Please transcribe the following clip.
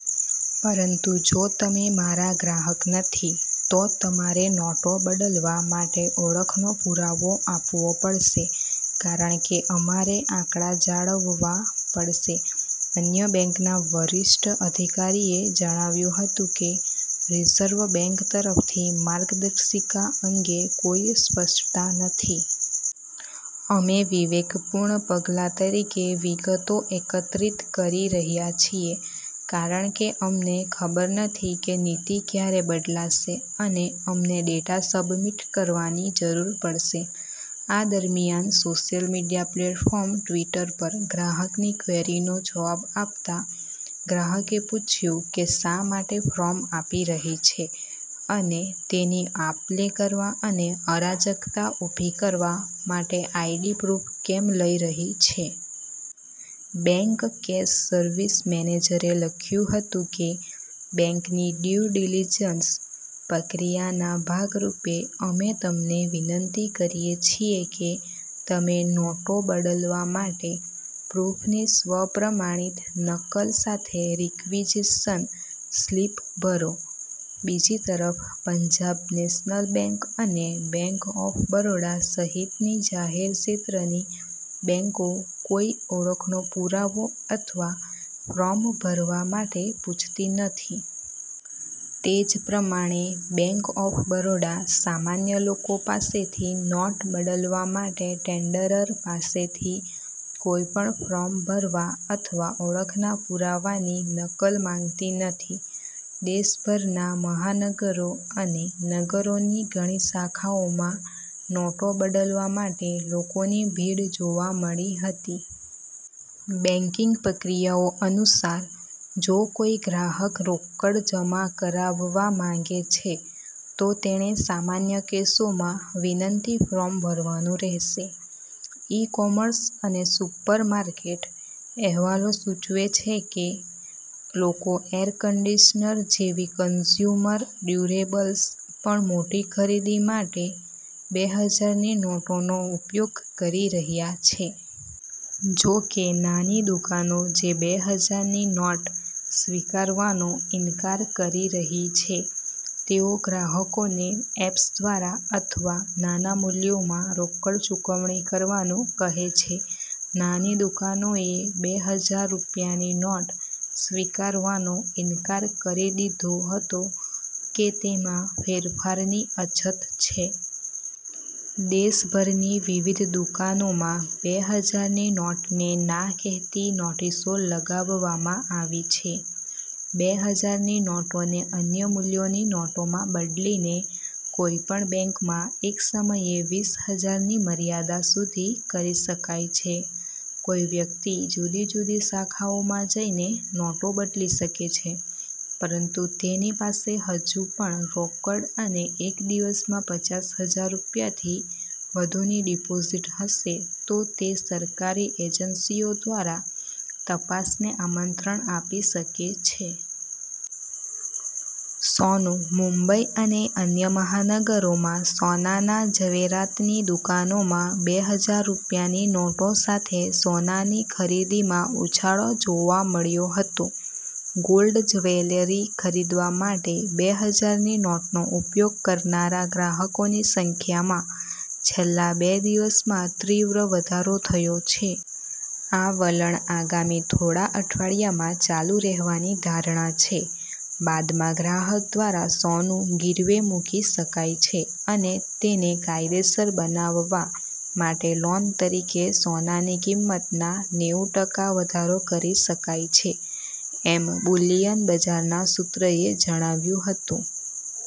પરંતુ જો તમે મારા ગ્રાહક નથી, તો તમારે નોટો બદલવા માટે ઓળખનો પુરાવો આપવો પડશે કારણ કે અમારે આંકડા જાળવવા પડશે. " અન્ય બેંકના વરિષ્ઠ અધિકારીએ જણાવ્યું હતું કે, "રિઝર્વ બેંક તરફથી માર્ગદર્શિકા અંગે કોઈ સ્પષ્ટતા નથી. અમે વિવેકપૂર્ણ પગલા તરીકે વિગતો એકત્રિત કરી રહ્યા છીએ કારણ કે અમને ખબર નથી કે નીતિ ક્યારે બદલાશે અને અમને ડેટા સબમિટ કરવાની જરૂર પડશે. " આ દરમિયાન, સોશિયલ મીડિયા પ્લેટફોર્મ ટ્વિટર પર ગ્રાહકની ક્વેરીનો જવાબ આપતાં ગ્રાહકે પૂછ્યું કે " શા માટે ફોર્મ આપી રહી છે અને તેની આપલે કરવા અને અરાજકતા ઊભી કરવા માટે આઈડી પ્રૂફ કેમ લઈ રહી છે?" બેંક કેર્સ સર્વિસ મેનેજરે લખ્યું હતું કે., "બેંકની ડ્યુ ડિલિજન્સ પ્રક્રિયાના ભાગ રૂપે, અમે તમને વિનંતી કરીએ છીએ કે તમે નોટો બદલવા માટે પ્રૂફની સ્વ-પ્રમાણિત નકલ સાથે રિક્વિઝિશન સ્લિપ ભરો. " બીજી તરફ, પંજાબ નેશનલ બેંક અને બેંક ઓફ બરોડા સહિતની જાહેર ક્ષેત્રની બેંકો કોઈ ઓળખનો પુરાવો અથવા ફોર્મ ભરવા માટે પૂછતી નથી. તે જ પ્રમાણે, બેંક ઓફ બરોડા સામાન્ય લોકો પાસેથી નોટ બદલવા માટે ટેન્ડરર પાસેથી કોઈપણ ફોર્મ ભરવા અથવા ઓળખના પુરાવાની નકલ માંગતી નથી. દેશભરના મહાનગરો અને નગરોની ઘણી શાખાઓમાં નોટો બદલવા માટે લોકોની ભીડ જોવા મળી હતી. બેંકિંગ પ્રક્રિયાઓ અનુસાર, જો કોઈ ગ્રાહક રોકડ જમા કરાવવા માંગે છે, તો તેણે સામાન્ય કેસોમાં વિનંતી ફોર્મ ભરવાનું રહેશે. ઈ-કોમર્સ અને સુપર માર્કેટ: અહેવાલો સૂચવે છે કે લોકો એર કંડિશનર જેવી કન્ઝ્યુમર ડ્યુરેબલ્સ પણ મોટી ખરીદી માટે બે હજારની નોટોનો ઉપયોગ કરી રહ્યા છે. જો કે, નાની દુકાનો જે બે હજારની નોટ સ્વીકારવાનો ઇનકાર કરી રહી છે તેઓ ગ્રાહકોને એપ્સ દ્વારા અથવા નાના મૂલ્યોમાં રોકડ ચૂકવણી કરવાનું કહે છે. નાની દુકાનોએ બે હજાર રૂપિયાની નોટ સ્વીકારવાનો ઇનકાર કરી દીધો હતો કે તેમાં ફેરફારની અછત છે. દેશભરની વિવિધ દુકાનોમાં બે હજારની નોટને 'ના' કહેતી નોટિસો લગાવવામાં આવી છે. બે હજાર ની નોટોને અન્ય મૂલ્યોની નોટોમાં બદલીને કોઈપણ બેંકમાં એક સમયે વીસ હજારની મર્યાદા સુધી કરી શકાય છે. કોઈ વ્યક્તિ જુદી જુદી શાખાઓમાં જઈને નોટો બદલી શકે છે પરંતુ તેની પાસે હજુ પણ રોકડ અને એક દિવસમાં પચાસ હજાર રૂપિયાથી વધુની ડિપોઝિટ હશે તો તે સરકારી એજન્સીઓ દ્વારા તપાસને આમંત્રણ આપી શકે છે. સોનું: મુંબઈ અને અન્ય મહાનગરોમાં સોનાના ઝવેરાતની દુકાનોમાં બે હજાર રૂપિયાની નોટો સાથે સોનાની ખરીદીમાં ઉછાળો જોવા મળ્યો હતો. ગોલ્ડ જ્વેલરી ખરીદવા માટે બે હજારની નોટનો ઉપયોગ કરનારા ગ્રાહકોની સંખ્યામાં છેલ્લા બે દિવસમાં તીવ્ર વધારો થયો છે. આ વલણ આગામી થોડા અઠવાડિયામાં ચાલુ રહેવાની ધારણા છે. બાદમાં ગ્રાહક દ્વારા સોનું ગીરવે મૂકી શકાય છે અને તેને કાયદેસર બનાવવા માટે લોન તરીકે સોનાની કિંમતના નેવું ટકા વધારો કરી શકાય છે, એમ બુલિયન બજારના સૂત્રએ જણાવ્યું હતું.